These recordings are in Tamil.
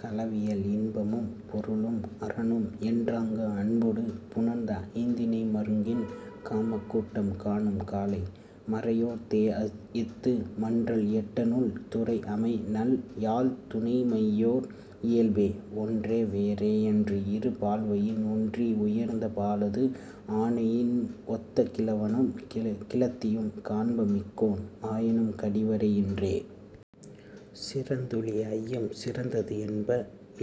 களவியல் இன்பமும் பொருளும் அறனும் என்றாங்கு அன்பொடு புணர்ந்த ஐந்திணை மருங்கின் காமக் கூட்டம் காணும் காலை மறையோர் தேஎத்து மன்றல் எட்டனுள் துறை அமை நல் யாழ்த் துணைமையோர் இயல்பே. ஒன்றே வேறே என்று இரு பால்வயின் ஒன்றி உயர்ந்த பாலது ஆணையின் ஒத்த கிழவனும் கிழத்தியும் காண்ப மிக்கோன் ஆயினும் கடி வரை இன்றே. சிறந்துழி ஐயம் சிறந்தது என்ப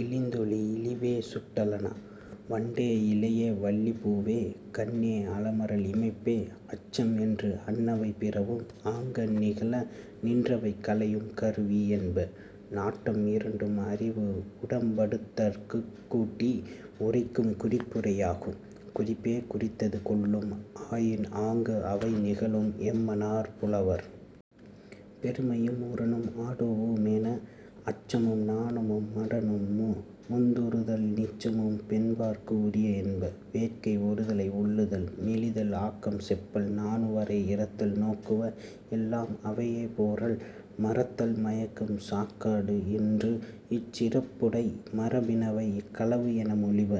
இழிந்துழி இழிபே சுட்டலான. வண்டே இழையே வள்ளி பூவே கண்ணே அலமரல் இமைப்பே அச்சம் என்று அன்னவை பிறவும் ஆங்கண் நிகழ நின்றவை களையும் கருவி என்ப. நாட்டம் இரண்டும் அறிவு உடம்படுத்தற்குக் கூட்டி உரைக்கும் குறிப்புரை ஆகும். குறிப்பே குறித்தது கொள்ளும் ஆயின் ஆங்கு அவை நிகழும் என்மனார் புலவர். பெருமையும் உரனும் ஆடூஉ மேன. அச்சமும் நாணும் மடனும் முந்துறுதல் நிச்சமும் பெண்பாற்கு உரிய என்ப. வேட்கை ஒருதலை உள்ளுதல் மெலிதல் ஆக்கம் செப்பல் நாணு வரை இறத்தல் நோக்குவ எல்லாம் அவையே போறல் மறத்தல் மயக்கம் சாக்காடு என்று இச் சிறப்புடை மரபினவை களவு என மொழிப.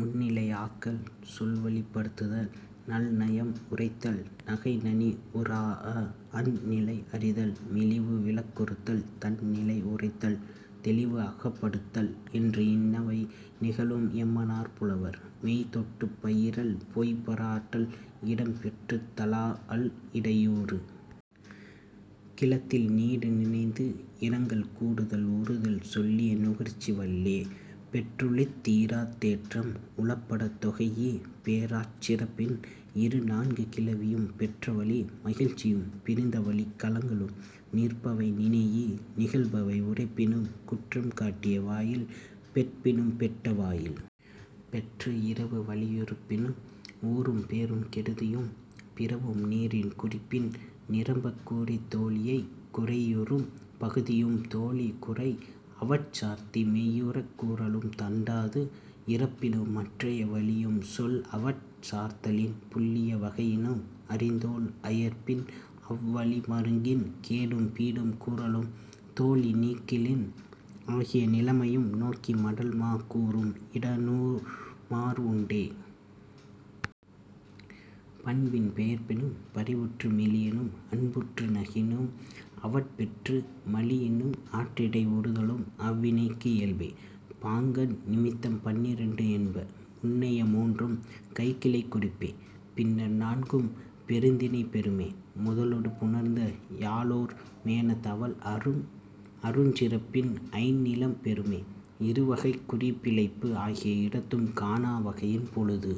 முன்னிலை ஆக்கல் சொல்வழிப்படுத்தல் நல் நயம் உரைத்தல் நகை நனி உறாஅ அந் நிலை அறிதல் மெலிவு விளக்குறுத்தல் தன் நிலை உரைத்தல் தெளிவு அகப்படுத்தல் என்று இன்னவை நிகழும் என்மனார் புலவர். மெய் தொட்டுப் பயிறல் பொய் பாராட்டல் இடம் பெற்றுத் தழாஅல் இடையூறு கிளத்தல் நீடு நினைந்து இரங்கல் கூடுதல் உறுதல் சொல்லிய நுகர்ச்சி வல்லே பெற்றுழித் தீராத் தேற்றம் உளப்படத் தொகைஇ பேராச் சிறப்பின் இரு நான்கு கிளவியும் பெற்றவழி மகிழ்ச்சியும் பிரிந்தவழிக் கலங்கலும் நிற்பவை நினைஇ நிகழ்பவை உரைப்பினும் குற்றம் காட்டிய வாயில் பெட்பினும் பெட்ட வாயில் பெற்று இரவு வலியுறுப்பினும் ஊரும் பேரும் கெடுதியும் பிறவும் நீரின் குறிப்பின் நிரம்பக் கூறித் தோழியைக் குறையுறும் பகுதியும் தோழி குறை அவட் சார்த்தி மெய்யுறக் கூறலும் தண்டாது இரப்பினும் மற்றைய வழியும் சொல் அவட் சார்த்தலின் புல்லிய வகையினும் அறிந்தோள் அயர்ப்பின் அவ் வழி மருங்கின் கேடும் பீடும் கூறலும் தோழி நீக்கலின் ஆகிய நிலைமையும் நோக்கி மடல் மா கூறும் இடனுமார் உண்டே. பண்பின் பெயர்ப்பினும் பரிவுற்று மெலியினும் அன்புற்று நகினும் அவட் பெற்று மலியினும் ஆற்றிடை உறுதலும் அவ் வினைக்கு இயல்பே. பாங்கன் நிமித்தம் பன்னிரண்டு என்ப. முன்னைய மூன்றும் கைக்கிளைக் குறிப்பே. பின்னர் நான்கும் பெருந்திணை பெறுமே. முதலொடு புணர்ந்த யாழோர் மேன தவல் அருஞ் சிறப்பின் ஐந் நிலம் பெறுமே. இரு வகைக் குறி பிழைப்பு ஆகிய இடத்தும் காணா வகையின் பொழுது